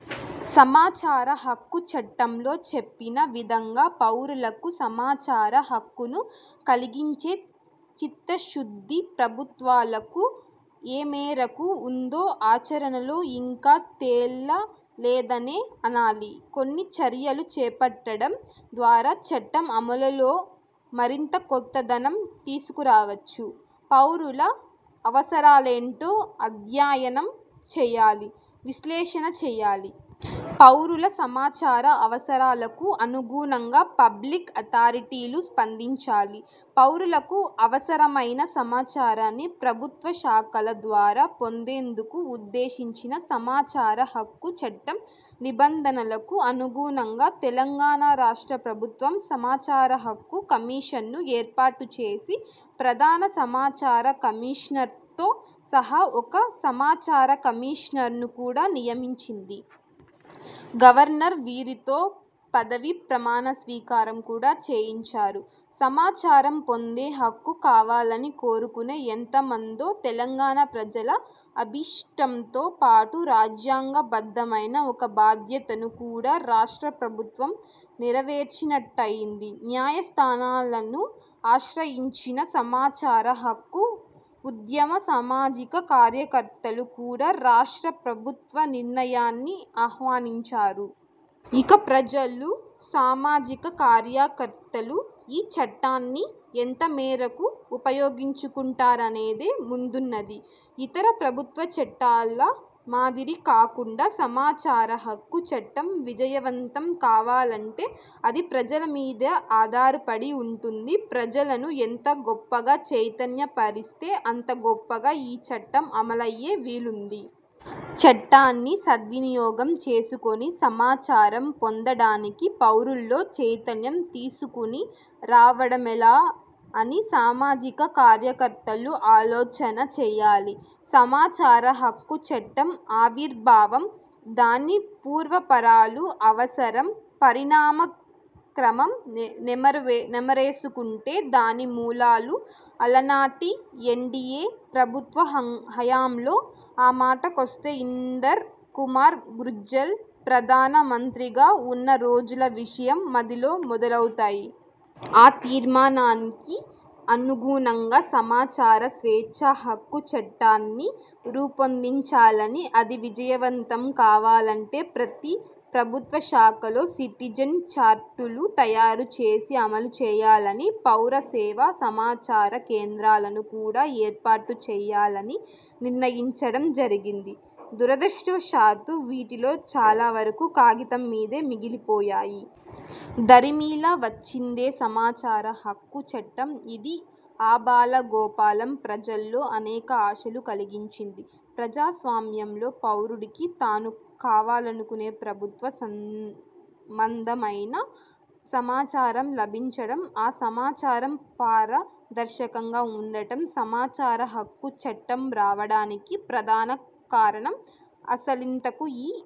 సమాచార హక్కు చట్టంలో చెప్పిన విధంగా పౌరులకు సమాచార హక్కును కలిగించే చిత్తశుద్ధి ప్రభుత్వాలకు ఏమేరకు ఉందో ఆచరణలో ఇంకా తేల లేదనే అనాలి. కొన్ని చర్యలు చేపట్టడం ద్వారా చట్టం అమలులో మరింత కొత్తదనం తీసుకురావచ్చు. పౌరుల అవసరాలేంటో అధ్యాయనం చెయ్యాలి, విశ్లేషణ చెయ్యాలి. పౌరుల సమాచార అవసరాలకు అనుగుణంగా పబ్లిక్ అథారిటీలు స్పందించాలి. పౌరులకు అవసరమైన సమాచారాన్ని ప్రభుత్వ శాఖల ద్వారా పొందేందుకు ఉద్దేశించిన సమాచార హక్కు చట్టం నిబంధనలకు అనుగుణంగా, తెలంగాణ రాష్ట్ర ప్రభుత్వం సమాచార హక్కు కమిషన్ను ఏర్పాటుచేసి, ప్రధాన సమాచార కమిషనర్తో సహా ఒక సమాచార కమిషనర్ను కూడా నియమించింది. గవర్నర్ వీరితో పదవీ ప్రమాణ స్వీకారం కూడా చేయించారు. సమాచారం పొందే హక్కు కావాలని కోరుకునే ఎంతమందో తెలంగాణ ప్రజల అభీష్టంతో పాటు రాజ్యాంగ బద్ధమైన ఒక బాధ్యతను కూడా రాష్ట్ర ప్రభుత్వం నేరవేర్చినట్టయింది. న్యాయ స్థానాలను ఆశ్రయించిన సమాచార హక్కు ఉద్యమ సమాజిక కార్యకర్తలు కూడా రాష్ట్ర ప్రభుత్వ నిర్ణయాన్ని ఆహ్వానించారు. ఇక ప్రజలు, సామాజిక కార్యకర్తలు ఈ చట్టాన్ని ఎంతమేరకు ఉపయోగించుకుంటారనేదే ముందున్నది! ఇతర ప్రభుత్వ చట్టాల మాదిరి కాకుండా, సమాచార హక్కు చట్టం విజయవంతం కావాలంటే, అది ప్రజల మీదే ఆధారపడి వుంటుంది. ప్రజలను ఎంత గొప్పగా చైతన్య పరిస్తే, అంత గొప్పగా ఈ చట్టం అమలయ్యే వీలుంది. చట్టాన్ని సద్వినియోగం చేసుకుని సమాచారం పొందడానికి పౌరుల్లో చైతన్యం తీసుకుని రావడమెలా అని సామాజిక కార్యకర్తలు ఆలోచన చేయాలి. సమాచార హక్కు చట్టం ఆవిర్భావం, దాని పూర్వపరాలు, అవసరం, పరిణామ క్రమం నె నెమరు నెమరేసుకుంటే, దాని మూలాలు, అలనాటి ఎన్డీయే ప్రభుత్వ హం హయాంలో, ఆ మాటకొస్తే, ఇందర్ కుమార్ గుర్జల్ ప్రధాన మంత్రిగా వున్న రోజుల విషయం మదిలో మొదలౌతాయి. ఆ తీర్మానానికి అనుగుణంగా సమాచార స్వేచ్ఛ హక్కు చట్టాన్ని రూపొందించాలనీ, అది విజయవంతం కావాలంటే, ప్రతి ప్రభుత్వ శాఖలో సిటిజెన్ చార్టులు తయారు చేసి అమలు చేయాలనీ, పౌర సేవా, సమాచార కేంద్రాలను కూడా ఏర్పాటు చేయాలనీ నిర్ణయించడం జరిగింది. దురదృష్టవశాత్తూ వీటిలో చాలా వరకు కాగితం మీదే మిగిలిపోయాయి. దరిమీలా వచ్చిందే సమాచార హక్కు చట్టం. ఇది ఆబాలగోపాలం ప్రజల్లో అనేక ఆశలు కలిగించింది. ప్రజాస్వామ్యంలో పౌరుడికి, తాను కావాలనుకునే ప్రభుత్వ సంబంధమైన సమాచారం లభించడం, ఆ సమాచారం పారదర్శకంగా వుండడం సమాచార హక్కు చట్టం రావడానికి ప్రధాన కారణం. అసలింతకూ ఈ